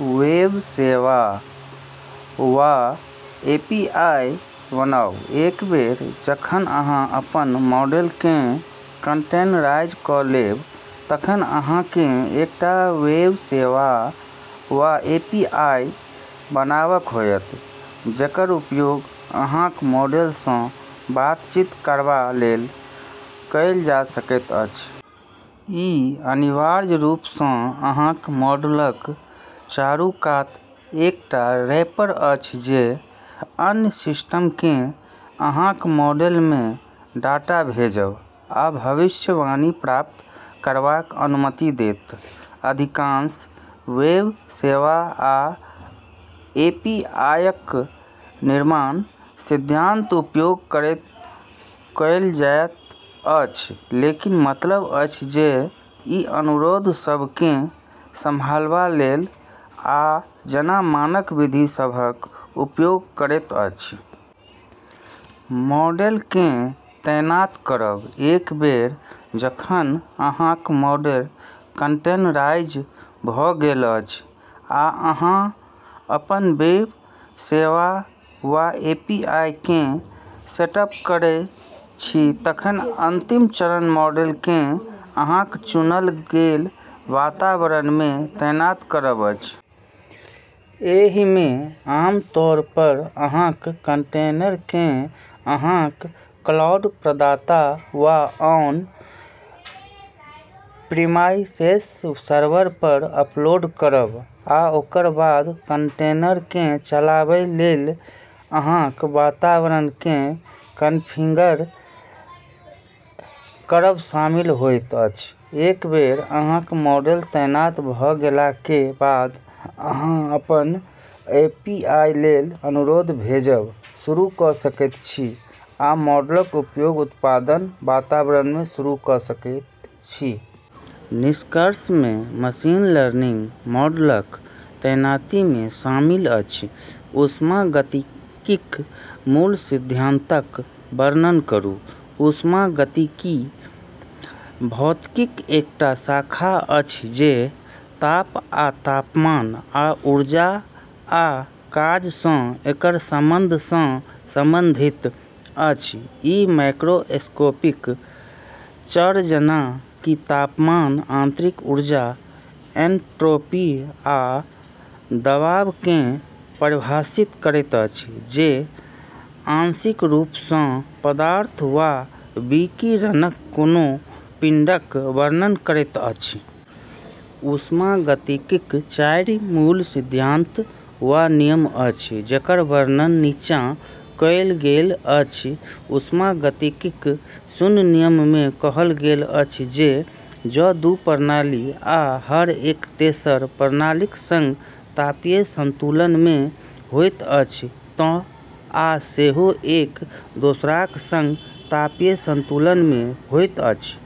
Web सेवा वा API बनाउ एक बेर जखन अहाँ अपन मॉडलकेँ कंटेनराइज क’ लेब तखन अहाँकेँ एकटा वेब सेवा वा एपीआई बनाबक होयत जेकर उपयोग अहाँक मॉडल सँ बातचीत करबा लेल कएल जा सकैत अछि। ई अनिवार्य रूप सँ अहाँक मॉडलक चारू कात एकटा रैपर अछि जे अन्य सिस्टमकेँ अहाँक मॉडलमे डाटा भेजब आ भविष्यवाणी प्राप्त करबाक अनुमति देत। अधिकांश वेब सेवा आ एपीआईक निर्माण सिद्धांतक उपयोग करैत कएल जाइत अछि, जेकर मतलब अछि जे ई अनुरोध सभकेँ संभालबा लेल, आ जेना मानक विधि सभक उपयोग करैत अछि। मॉडलकेँ तैनात करब एक बेर जखन अहाँक मॉडल कंटेनराइज भ’ गेल अछि आ अहाँ अपन वेब सेवा वा एपीआईकेँ सेटअप करै छी, तखन अंतिम चरण मॉडलकेँ अहाँक चुनल गेल वातावरणमे तैनात करब अछि। एहिमे आमतौर पर अहाँक कंटेनरकेँ अहाँक क्लाउड प्रदाता वा ऑन प्रिमाइसेस सर्वर पर अपलोड करब, आ ओकर बाद कंटेनरकेँ चलाबै लेल अहाँक वातावरणकेँ कॉन्फ़िगर करब शामिल होइत अछि। एक बेर अहाँक मॉडल तैनात भ’ गेला के बाद, अहाँ अपन एपीआई लेल अनुरोध भेजब शुरू क’ सकैत छी, आ मॉडलक उपयोग उत्पादन वातावरणमे शुरू क’ सकैत छी। निष्कर्षमे, मशीन लर्निंग मॉडलक तैनातीमे शामिल अछि। ऊष्मागतिकीक मूल सिद्धांतक वर्णन करू। ऊष्मागतिकी भौतिकीक एकटा शाखा अछि जे ताप आ तापमान आ ऊर्जा आ काज सँ एकर संबंध सँ संबंधित अछि। ई मैक्रोस्कोपिक चर, जेना कि तापमान, आंतरिक ऊर्जा, एन्ट्रोपी, आ दबावकेँ परिभाषित करैत अछि, जे आंशिक रूप सँ पदार्थ वा विकिरणक कोनो पिंडक वर्णन करैत अछि। ऊष्मागतिकीक चारि मूल सिद्धांत वा नियम अछि, जेकर वर्णन नीचाँ कएल गेल अछि। ऊष्मागतिकीक शून्य नियममे कहल गेल अछि जे जँ दू प्रणाली, आ, हर एक तेसर प्रणालीक संग तापीय संतुलनमे होइत अछि, तँ आ सेहो एक दोसराक संग तापीय संतुलनमे होइत अछि।